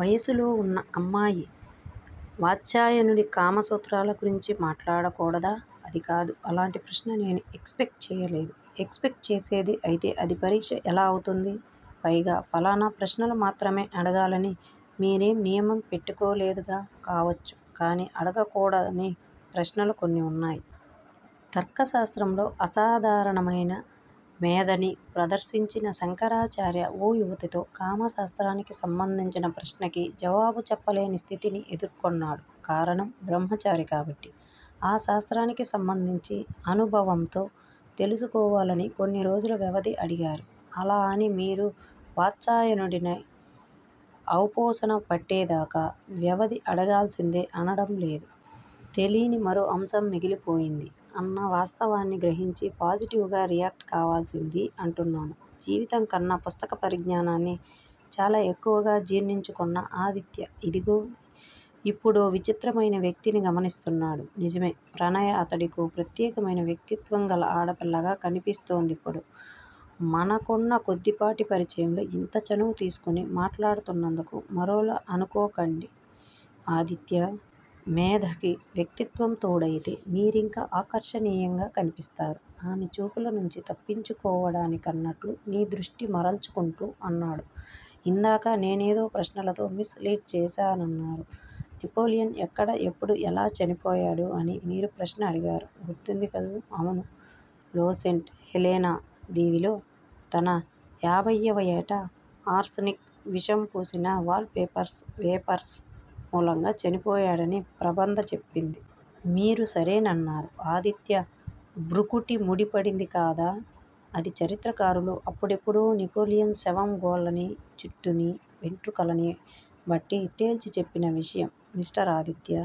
వయసులో వున్న అమ్మాయి వాత్స్యాయనుడి కామసూత్రాల గురించి మాట్లాడకూడదా? అది కాదు అలాంటి ప్రశ్న నేను ఎక్స్ పెక్ట్ చేయలేదు. ఎక్స్ పెక్ట్ చేసేదే అయితే అది పరీక్ష ఎలా అవుతుంది? పైగా ఫలానా ప్రశ్నలు మాత్రమే అడగాలని మీరేం నియమం పెట్టుకోలేదుగా? కావచ్చు కాని అడగకూడని ప్రశ్నలూ కొన్ని వున్నాయి. తర్కశాస్త్రంలో అసాధారణమయిన మేధని ప్రదర్శించిన శంకరాచార్య ఓ యువతితో కామశాస్త్రానికి సంబంధించిన ప్రశ్నకి జవాబు చెప్పలేని స్థితిని ఎదుర్కొన్నాడు. కారణం బ్రహ్మచారి కాబట్టి. ఆ శాస్త్రానికి సంబంధించి అనుభవంతో తెలుసుకోవాలని కొన్నిరోజుల వ్యవధి అడిగారు. అలా అని మీరూ వాత్స్యాయనుడిని ఔపోసన పట్టేదాకా వ్యవధి అడగాల్సిందే అనడంలేదు. తెలీని మరో అంశం మిగిలిపోయింది అన్న వాస్తవాన్ని గ్రహించి పాజిటివ్ గా రియాక్ట్ కావాల్సిందీ అంటున్నాను. జీవితంకన్నా పుస్తక పరిజ్ఞానాన్ని చాలా ఎక్కువగా జీర్ణించుకున్న ఆదిత్య ఇదిగో, ఇప్పుడో విచిత్రమయిన వ్యక్తిని గమనిస్తున్నాడు. నిజమే. ప్రణయ అతడికో ప్రత్యేకయిన వ్యక్తిత్వం గల ఆడపిల్లగా కనిపిస్తోందిప్పుడు. మనకున్న కొద్దిపాటి పరిచయంలో ఇంత చనువు తీసుకుని మాట్లాడుతున్నందుకు మరోలా అనుకోకండి ఆదిత్యా! మేధకి వ్యక్తిత్వం తోడయితే మీరింకా ఆకర్షణీయంగా కనిపిస్తారు. ఆమె చూపుల నుంచి తప్పించుకోవడానికన్నట్లు నీ దృష్టి మరల్చుకుంటూ అన్నాడు. ఇందాక నేనేదో ప్రశ్నలతో మిస్ లీడ్ చేశానన్నారు? నెపోలియన్ ఎక్కడ ఎప్పుడు ఎలా చనిపోయాడు అని మీరు ప్రశ్న అడిగారు, గుర్తుంది కదూ? అవును లో సెంట్ హెలెనా దీవిలో తన యాభయ్యవ ఏట ఆర్స్ నిక్ విషం పూసిన వాల్ పేపర్స్ వేపర్స్ మూలంగా చనిపోయాడని ప్రబంధ చెప్పింది. మీరు సరేనన్నారు. ఆదిత్య భ్రుకుటి ముడిపడింది కాదా? అది చరిత్రకారులు అప్పుడెప్పుడో నెపోలియన్ శవం గోళ్ళని, జుట్టుని, వెంట్రుకలని బట్టి తేల్చి చెప్పిన విషయం మిస్టర్ ఆదిత్యా!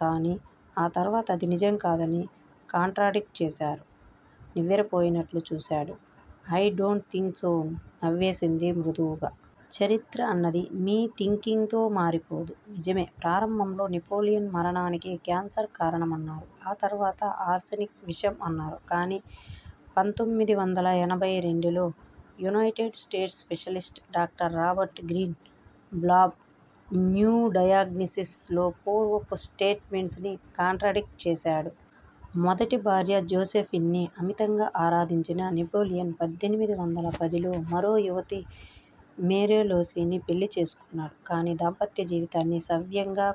కాని ఆ తర్వాత అది నిజం కాదని కాంట్రాడిక్ట్ చేశారు. నివ్వెర పోయినట్లు చూశాడు. ఐ డోంట్ థింక్ సో నవ్వేసింది మృదువుగా. చరిత్ర అన్నది మీ థింకింగ్ తో మారిపోదు. నిజమే! ప్రారంభంలో నెపోలియన్ మరణానికి క్యాన్సర్ కారణమన్నారు. ఆ తర్వాత ఆర్సెనిక్ విషం అన్నారు కాని పంతొమ్మిది వందల ఎనబై రెండు లో United States specialist doctor Robert Greenblatt new diagnosis లో పూర్వపు స్టేట్ మెంట్స్ ని కాంట్రాడిక్ట్ చేశాడు. మొదటి భార్య జోసెఫిన్ని అమితంగా ఆరాధించిన నెపోలియన్ పద్దెనిమిది వందల పది లో మరో యువతి మేరేలోసీని పెళ్ళి చేసుకున్నాడు. కాని దాంపత్య జీవితాన్ని సవ్యంగా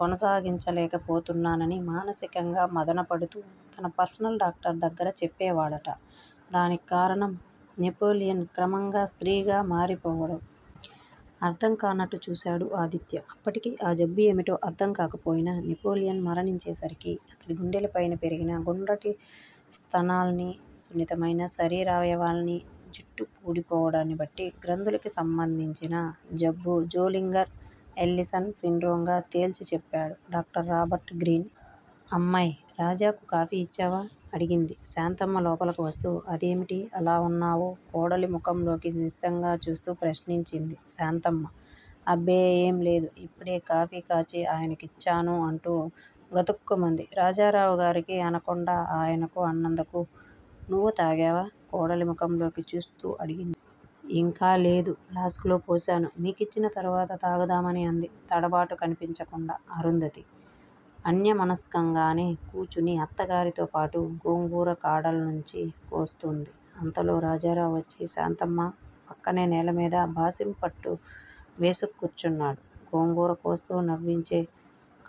కొనసాగించలేకపోతున్నానని మానసికంగా మధన పడుతూ తన పర్సనల్ డాక్టర్ దగ్గర చెప్పేవాడట. దానికి కారణం నెపోలియన్ క్రమంగా స్త్రీగా మారిపోవడం. అర్ధంకానట్టు చూశాడు ఆదిత్య. అప్పటికి ఆ జబ్బు ఏమిటో అర్ధం కాకపోయినా, నెపోలియన్ మరణించే సరికి అతడి గుండెలపైన పెరిగిన గుండ్రటి స్థనాల్నీ, సున్నితమైన శరీరావయవాల్నీ, జుట్టు వూడిపోవడాన్ని బట్టి గ్రంథులకి సంబంధించిన జబ్బు 'జోలింగర్ ఎల్లిసన్ సిండ్రోమ్' గా తేల్చి చెప్పాడు డాక్టర్ రాబర్ట్ గ్రీన్. అమ్మాయ్! రాజాకు కాఫీ ఇచ్చావా? అడిగింది శాంతమ్మ లోపలకు వస్తూ. అదేమిటి అలా వున్నావు? కోడలి ముఖంలోకి నిశితంగా చూస్తూ ప్రశ్నించింది శాంతమ్మ. అబ్బే! ఏంలేదు. ఇప్పుడే కాఫీకాచి ఆయనకు ఇచ్చాను అంటూ గతుక్కుమంది, రాజారావుగారికి అనకుండా ఆయనకు అన్నందుకు. నువ్వు తాగావా? కోడలి ముఖంలోకి చూస్తూ అడిగింది. ఇంకా లేదు ఫ్లాస్కులో పోశాను, మీకిచ్చిన తరవాత తాగుదామని అంది తడబాటు కనిపించకుండా. అరుంధతి అన్యమనస్కంగానే కూచుని అత్తగారితో పాటు గోంగూర కాడల్నుంచి కోస్తూంది. అంతలో రాజారావు వచ్చి శాంతమ్మ పక్కనే నేల మీద బాసింపట్టు వేసుక్కూర్చున్నాడు. గోంగూర కోస్తూ నవ్వించే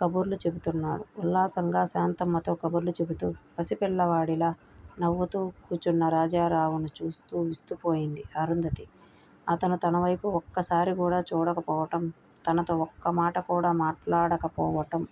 కబుర్లు చెబుతున్నాడు. ఉల్లాసంగా శాంతమ్మతో కబుర్లు చెబుతూ పసి పిల్లవాడిలా నవ్వుతూ కూచున్న రాజారావును చూస్తూ విస్తుపోయింది అరుంధతి. అతను తనవైపు ఒక్కసారికూడా చూడకపోవటం, తనతో ఒక్కమాట కూడా మాట్లాడకపోవటం